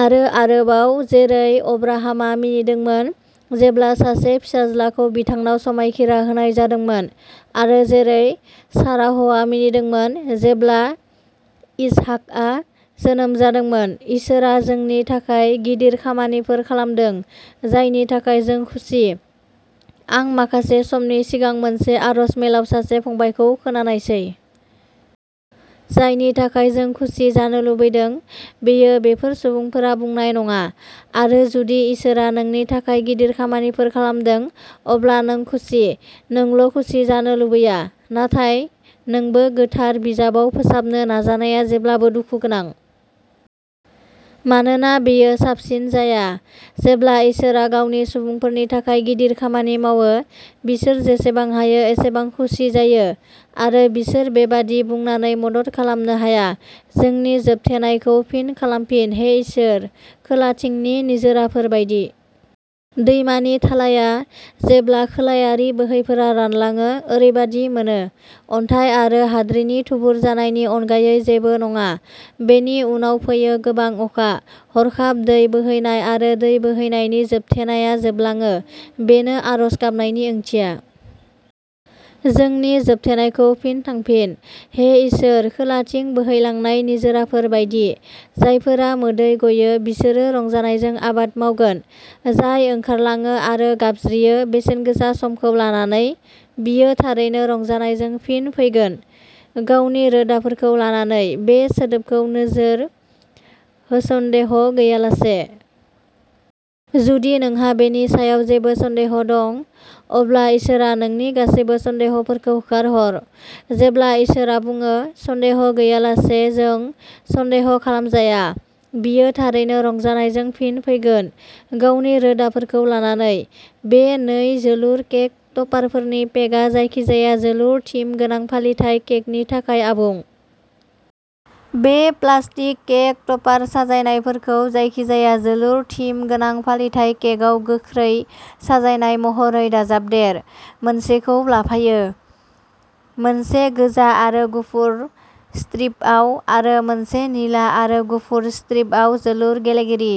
आरो आरोबाव, जेरै अब्राहामआ मिनिदोंमोन जेब्ला सासे फिसाज्लाखौ बिथांनाव समायखिरा होनाय जादोंमोन आरो जेरै साराहआ मिनिदोंमोन जेब्ला इसहाकआ जोनोम जादोंमोन। इसोरआ जोंनि थाखाय गिदिर खामानिफोर खालामदों। जायनि थाखाय जों खुसि। आं माखासे समनि सिगां मोनसे आरज मेलाव सासे फंबायखौ खोनानायसै। जायनि थाखाय जों खुसि जानो लुबैदों। बेयो बेफोर सुबुंफोरा बुंनाय नङा आरो जुदि इसोरआ नोंनि थाखाय गिदिर खामानिफोर खालामदों। अब्ला नों खुसि, नोंल' खुसि जानो लुबैया, नाथाय नोंबो गोथार बिजाबाव फोसाबनो नाजानाया जेब्लाबो दुखु गोनां। मानोना बेयो साबसिन जाया। जेब्ला इसोरआ गावनि सुबुंफोरनि थाखाय गिदिर खामानि मावो, बिसोर जेसेबां हायो एसेबां खुसि जायो। आरो बिसोर बेबादि बुंनानै मदद खालामनो हाया। जोंनि जोबथेनायखौ फिन खालामफिन। हे इसोर, खोलाथिंनि निजोराफोर बायदि। दैमानि थालाया, जेब्ला खोलायारि बोहैफोरा रानलाङो, ओरैबादि मोनो। अन्थाय आरो हाद्रिनि थुबुर जानायनि अनगायै जेबो नङा। बेनि उनाव फैयो गोबां अखा, हरखाब दै बोहैनाय आरो दै बोहैनायनि जोबथेनाया जोबलाङो। बेनो आरज गाबनायनि ओंथिया। जोंनि जोबथेनायखौ फिन थांफिन, हे इसोर, खोलाथिं बोहैलांनाय निजोराफोर बायदि। जायफोरा मोदै गयो बिसोरो रंजानायजों आबाद मावगोन। जाय ओंखारलाङो आरो गाबज्रियो बेसेनगोसा समखौ लानानै, बियो थारैनो रंजानायजों फिन फैगोन। गावनि रोदाफोरखौ लानानै। बे सोदोबखौ नोजोर होसन्देह' गैयालासे। जुदि नोंहा बेनि सायाव जेबो सन्देह दं, अब्ला इसोरआ नोंनि गासैबो सन्देहफोरखौ होखारहर। जेब्ला इसोरआ बुङो, सन्देह गैयालासे जों सन्देह खालामजाया। बियो थारैनो रंजानायजों फिन फैगोन, गावनि रोदाफोरखौ लानानै। बे नै, जोलुर केक टपारफोरनि पेकआ जायखिजाया जोलुर थिम गोनां फालिथाय केकनि थाखाय आबुं। बे प्लास्टिक केक टपार साजायनायफोरखौ जायखिजाया जोलुर थिम गोनां फालिथाय केकआव गोख्रै साजायनाय महरै दाजाबदेर। मोनसेखौ लाफायो। मोनसे गोजा आरो गुफुर स्ट्रिपआव आरो मोनसे निला आरो गुफुर स्ट्रिपआव जोलुर गेलेगिरि।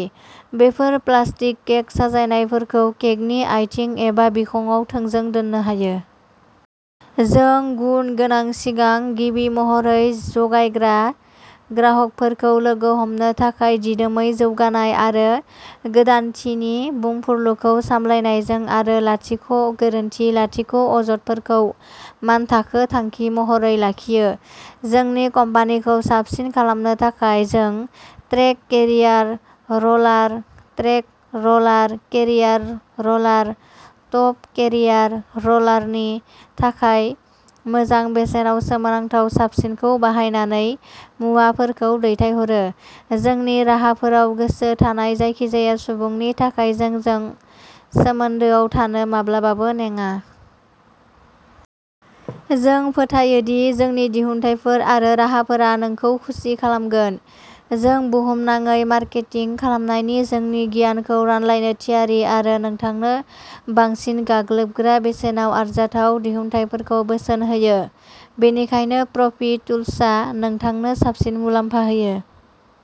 बेफोर प्लास्टिक केक साजायनायफोरखौ केकनि आइथिं एबा बिखंआव थोंजों दोननो हायो। जों गुन गोनां सिगां, गिबि महरै जगायग्रा, ग्राहकफोरखौ लोगो हमनो थाखाय दिदोमै जौगानाय आरो गोदानथि नि बुंफुरलुखौ सामलायनायजों आरो लाथिख' गोरोन्थि लाथिख'अजदफोरखौ मानथाखो थांखि महरै लाखियो। जोंनि कम्पानिखौ साबसिन खालामनो थाखाय, जों track carrier roller, track roller carrier roller, top carrier र'लारनि थाखाय मोजां बेसेनाव सोमोनांथाव साबसिनखौ बाहायनानै मुवाफोरखौ दैथायहरो, जोंनि राहाफोराव गोसो थानाय जायखिजाया सुबुंनि थाखाय जोंजों सोमोन्दोआव थानो माब्लाबाबो नेङा। जों फोथायो दि जोंनि दिहुनथायफोर आरो राहाफोरा नोंखौ खुसि खालामगोन। जों बुहुमनाङै मारकेटिं खालामनायनि जोंनि गियानखौ रानलायनो थियारि आरो नोंथांनो बांसिन गाग्लोबग्रा बेसेनाव आरजाथाव दिहुनथायफोरखौ बोसोन होयो। बेनिखायनो प्र'फि टुलसआ नोंथांनो साबसिन मुलाम्फा होयो।